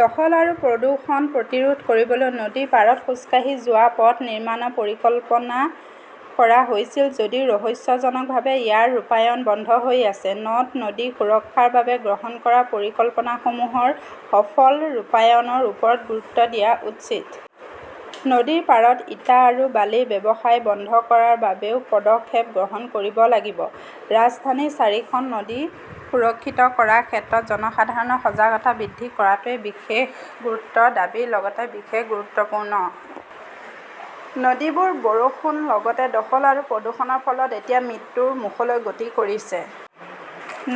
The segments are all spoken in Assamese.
দখল আৰু প্ৰদূষণ প্ৰতিৰোধ কৰিবলৈ নদীৰ পাৰত খোজকাঢ়ি যোৱা পথ নিৰ্মাণৰ পৰিকল্পনা কৰা হৈছিল যদিও ৰহস্যজনকভাৱে ইয়াৰ ৰূপায়ণ বন্ধ হৈ আছে। নদ-নদী সুৰক্ষাৰ বাবে গ্ৰহণ কৰা পৰিকল্পনাসমূহৰ সফল ৰূপায়ণৰ ওপৰত গুৰুত্ব দিয়া উচিত। নদীৰ পাৰত ইটা আৰু বালিৰ ব্যৱসায় বন্ধ কৰাৰ বাবেও পদক্ষেপ গ্ৰহণ কৰিব লাগিব। ৰাজধানীৰ চাৰিখন নদী সুৰক্ষিত কৰাৰ ক্ষেত্ৰত জনসাধাৰণৰ সজাগতা বৃদ্ধি কৰাটোৱে বিশেষ গুৰুত্বৰ দাবী লগতে বিশেষ গুৰুত্বপূৰ্ণ। নদীবোৰ বৰষুণ লগতে দখল আৰু প্ৰদূষণৰ ফলত এতিয়া মৃত্যুৰ মুখলৈ গতি কৰিছে।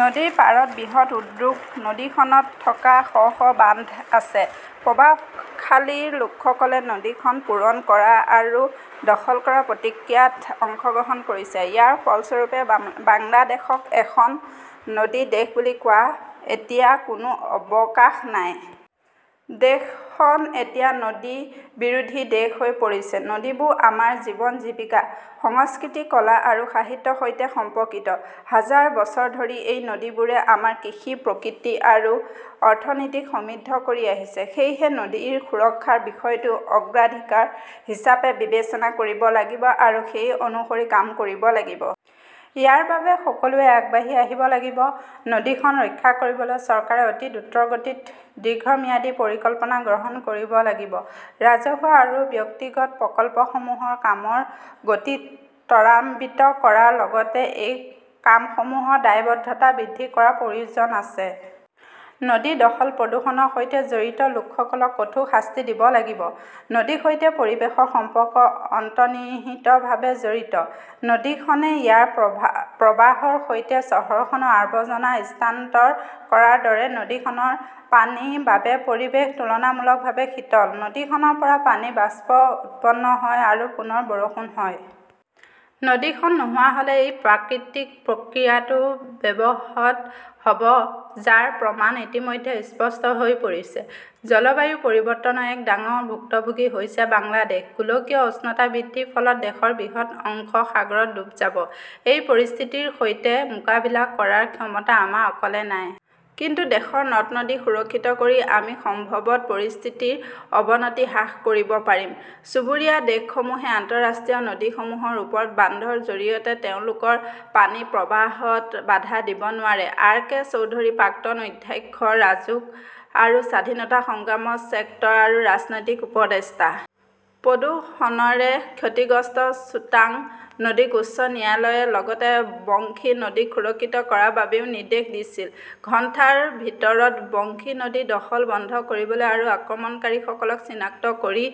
নদীৰ পাৰত বৃহৎ উদ্যোগ, নদীখনত থকা শ শ বান্ধ আছে। প্ৰভাৱশালী লোকসকলে নদীখন পূৰণ কৰা আৰু দখল কৰাৰ প্ৰক্ৰিয়াত অংশগ্ৰহণ কৰিছে। ইয়াৰ ফলস্বৰূপে বাংলাদেশক এখন নদীৰ দেশ বুলি কোৱা এতিয়া কোনো অৱকাশ নাই। দেশখন এতিয়া নদী বিৰোধী দেশ হৈ পৰিছে। নদীবোৰ আমাৰ জীৱন, জীৱিকা, সংস্কৃতি, কলা আৰু সাহিত্যৰ সৈতে সম্পৰ্কিত। হাজাৰ বছৰ ধৰি এই নদীবোৰে আমাৰ কৃষি, প্ৰকৃতি আৰু অৰ্থনীতিক সমৃদ্ধ কৰি আহিছে। সেয়েহে, নদী সুৰক্ষাৰ বিষয়টো অগ্ৰাধিকাৰ হিচাপে বিবেচনা কৰিব লাগিব আৰু সেই অনুসৰি কাম কৰিব লাগিব। ইয়াৰ বাবে সকলোৱে আগবাঢ়ি আহিব লাগিব। নদীখন ৰক্ষা কৰিবলৈ চৰকাৰে অতি দ্ৰুতগতিত দীৰ্ঘম্যাদী পৰিকল্পনা গ্ৰহণ কৰিব লাগিব। ৰাজহুৱা আৰু ব্যক্তিগত প্ৰকল্পসমূহৰ কামৰ গতি ত্বৰান্বিত কৰাৰ লগতে এই কামসমূহৰ দায়বদ্ধতা বৃদ্ধি কৰাৰ প্ৰয়োজন আছে। নদী দখল-প্ৰদূষণৰ সৈতে জড়িত লোকসকলক কঠোৰ শাস্তি দিব লাগিব। নদীৰ সৈতে পৰিৱেশৰ সম্পৰ্ক অন্তৰ্নিহিতভাৱে জড়িত। নদীখনে ইয়াৰ প্ৰবাহৰ সৈতে চহৰখনৰ আৱৰ্জনা স্থানান্তৰ কৰাৰ দৰে, নদীখনৰ পানীৰ বাবে পৰিৱেশ তুলনামূলকভাৱে শীতল। নদীখনৰ পৰা পানীৰ বাষ্প উৎপন্ন হয় আৰু পুনৰ বৰষুণ হয়। নদীখন নোহোৱা হ'লে এই প্ৰাকৃতিক প্ৰক্ৰিয়াটো ব্যাহত হ'ব, যাৰ প্ৰমাণ ইতিমধ্যে স্পষ্ট হৈ পৰিছে। জলবায়ু পৰিৱৰ্তনৰ এক ডাঙৰ ভুক্তভোগী হৈছে বাংলাদেশ। গোলকীয় উষ্ণতা বৃদ্ধিৰ ফলত দেশৰ বৃহৎ অংশ সাগৰত ডুব যাব। এই পৰিস্থিতিৰ সৈতে মোকাবিলা কৰাৰ ক্ষমতা আমাৰ অকলে নাই। কিন্তু দেশৰ নদ-নদী সুৰক্ষিত কৰি আমি সম্ভৱতঃ পৰিস্থিতিৰ অৱনতি হ্ৰাস কৰিব পাৰিম। চুবুৰীয়া দেশসমূহে আন্তঃৰাষ্ট্ৰীয় নদীসমূহৰ ওপৰত বান্ধৰ জৰিয়তে তেওঁলোকৰ পানীৰ প্ৰবাহত বাধা দিব নোৱাৰে। আৰ কে চৌধুৰীঃ প্ৰাক্তন অধ্যক্ষ, ৰাজুক আৰু স্বাধীনতা সংগ্ৰামৰ ছেক্টৰ আৰু ৰাজনৈতিক উপদেষ্টা। প্ৰদূষণেৰে ক্ষতিগ্ৰস্ত চুটাঙ নদীক উচ্চ ন্যায়ালয়ে লগতে বংশী নদীক সুৰক্ষিত কৰাৰ বাবেও নিৰ্দেশ দিছিল। ঘণ্টাৰ ভিতৰত বংশী নদীৰ দখল বন্ধ কৰিবলৈ আৰু আক্ৰমণকাৰীসকলক চিনাক্ত কৰি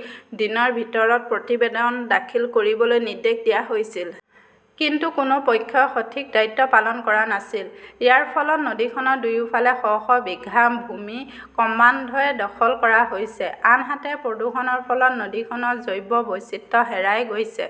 দিনৰ ভিতৰত প্ৰতিবেদন দাখিল কৰিবলৈ নিৰ্দেশ দিয়া হৈছিল। কিন্তু কোনো পক্ষই সঠিক দায়িত্ব পালন কৰা নাছিল। ইয়াৰ ফলত নদীখনৰ দুয়োফালে শ শ বিঘা ভূমি ক্ৰমান্বয়ে দখল কৰা হৈছে। আনহাতে, প্ৰদূষণৰ ফলত নদীখনৰ জৈৱ বৈচিত্ৰ্য হেৰাই গৈছে।